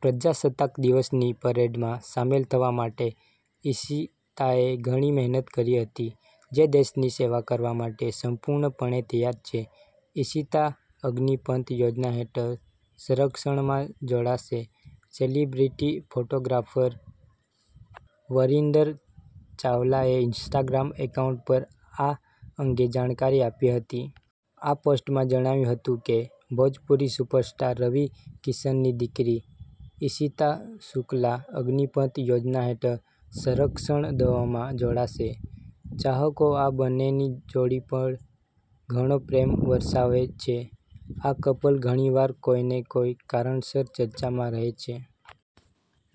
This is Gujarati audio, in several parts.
પ્રજાસત્તાક દિવસની પરેડમાં સામેલ થવા માટે ઈશિતાએ ઘણી મહેનત કરી હતી. જે દેશની સેવા કરવા માટે સંપૂર્ણપણે તૈયાર છે. ઈશિતા અગ્નિપથ યોજના હેઠળ સંરક્ષણમાં જોડાશે સેલિબ્રિટી ફોટોગ્રાફર વરિન્દર ચાવલાએ ઇન્સ્ટાગ્રામ એકાઉન્ટ પર આ અંગે જાણકારી આપી હતી. આ પોસ્ટમાં જણાવ્યું હતું કે, ભોજપુરી સુપરસ્ટાર રવિ કિશનની દીકરી ઈશિતા શુક્લા અગ્નિપથ યોજના હેઠળ સંરક્ષણ દળોમાં જોડાશે. ચાહકો આ બંનેની જોડી પર ઘણો પ્રેમ વરસાવે છે. આ કપલ ઘણીવાર કોઈને કોઈ કારણસર ચર્ચામાં રહે છે.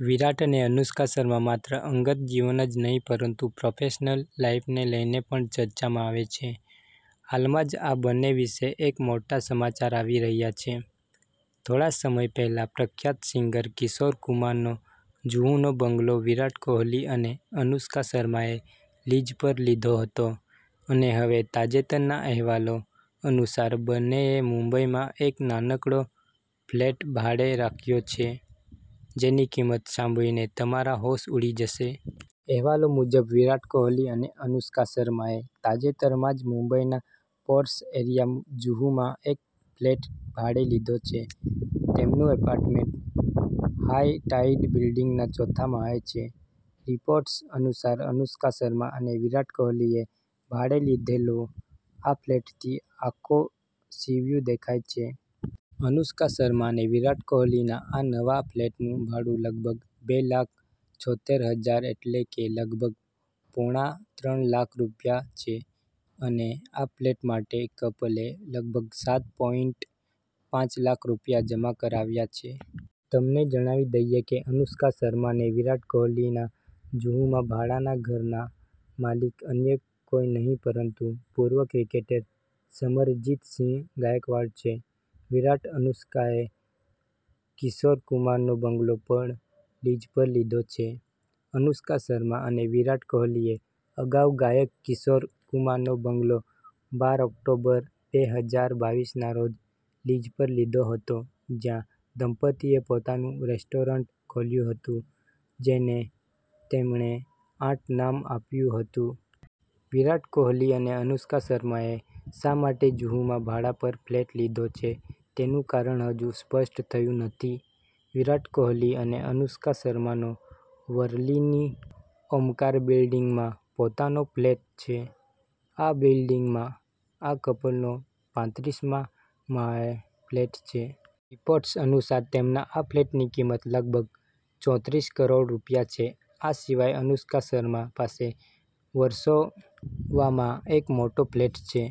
વિરાટ અને અનુષ્કા શર્મા માત્ર અંગત જીવન જ નહીં પરંતુ પ્રોફેશનલ લાઈફને લઈને પણ ચર્ચામાં આવે છે. હાલમાં જ આ બંને વિશે એક મોટા સમાચાર સામે આવી રહ્યા છે. થોડા સમય પહેલા પ્રખ્યાત સિંગર કિશોર કુમાર નો જુહુનો બંગલો વિરાટ કોહલી અને અનુષ્કા શર્માએ લીઝ પર લીધો હતો અને હવે તાજેતરના અહેવાલો અનુસાર, બંનેએ મુંબઈ માં એક નાનકડો ફ્લેટ ભાડે રાખ્યો છે, જેની કિંમત સાંભળીને તમારા હોશ ઉડી જશે. અહેવાલો મુજબ, વિરાટ કોહલી અને અનુષ્કા શર્માએ તાજેતરમાં જ મુંબઈના પોર્શ એરિયા જુહુમાં એક ફ્લેટ ભાડે લીધો છે. તેમનું એપાર્ટમેન્ટ હાઈ ટાઈડ બિલ્ડિંગના ચોથા માળે છે. રિપોર્ટ્સ અનુસાર, અનુષ્કા શર્મા અને વિરાટ કોહલીએ ભાડે લીધેલો આ ફ્લેટથી આખો સીવ્યૂ દેખાય છે. અનુષ્કા શર્મા અને વિરાટ કોહલીના આ નવા ફ્લેટનું ભાડું લગભગ બે લાખ છોતેર હજાર એટલે કે લગભગ પોણા ત્રણ લાખ રૂપિયા છે અને આ ફ્લેટ માટે કપલે લગભગ સાત પોઈન્ટ પાંચ લાખ રૂપિયા જમા કરાવ્યા છે. તમને જણાવી દઈએ કે અનુષ્કા શર્મા અને વિરાટ કોહલીના જુહુમાં ભાડાના ઘરના માલિક અન્ય કોઈ નહીં પરંતુ પૂર્વ ક્રિકેટર સમરજિત સિંહ ગાયકવાડ છે. વિરાટ-અનુષ્કાએ કિશોર કુમારનો બંગલો પણ લીઝ પર લીધો છે: અનુષ્કા શર્મા અને વિરાટ કોહલીએ અગાઉ ગાયક કિશોર કુમારનો બંગલો બાર ઓક્ટોબર, બે હજાર બાવીસ ના રોજ લીઝ પર લીધો હતો, જ્યાં દંપતીએ પોતાનું રેસ્ટોરન્ટ ખોલ્યું હતું, જેને તેમણે આઠ નામ આપ્યું હતું. વિરાટ કોહલી અને અનુષ્કા શર્માએ શા માટે જુહુમાં ભાડા પર ફ્લેટ લીધો છે તેનું કારણ હજુ સ્પષ્ટ થયું નથી. વિરાટ કોહલી અને અનુષ્કા શર્માનો વર્લીની ઓમકાર બિલ્ડીંગમાં પોતાનો ફ્લેટ છે. આ બિલ્ડીંગમાં આ કપલનો પાત્રીસ મા માળે ફ્લેટ છે. રિપોર્ટ્સ અનુસાર તેમના આ ફ્લેટની કિંમત લગભગ ચોત્રીસ કરોડ રૂપિયા છે. આ સિવાય અનુષ્કા શર્મા પાસે વર્સોવામાં એક મોટો ફ્લેટ છે.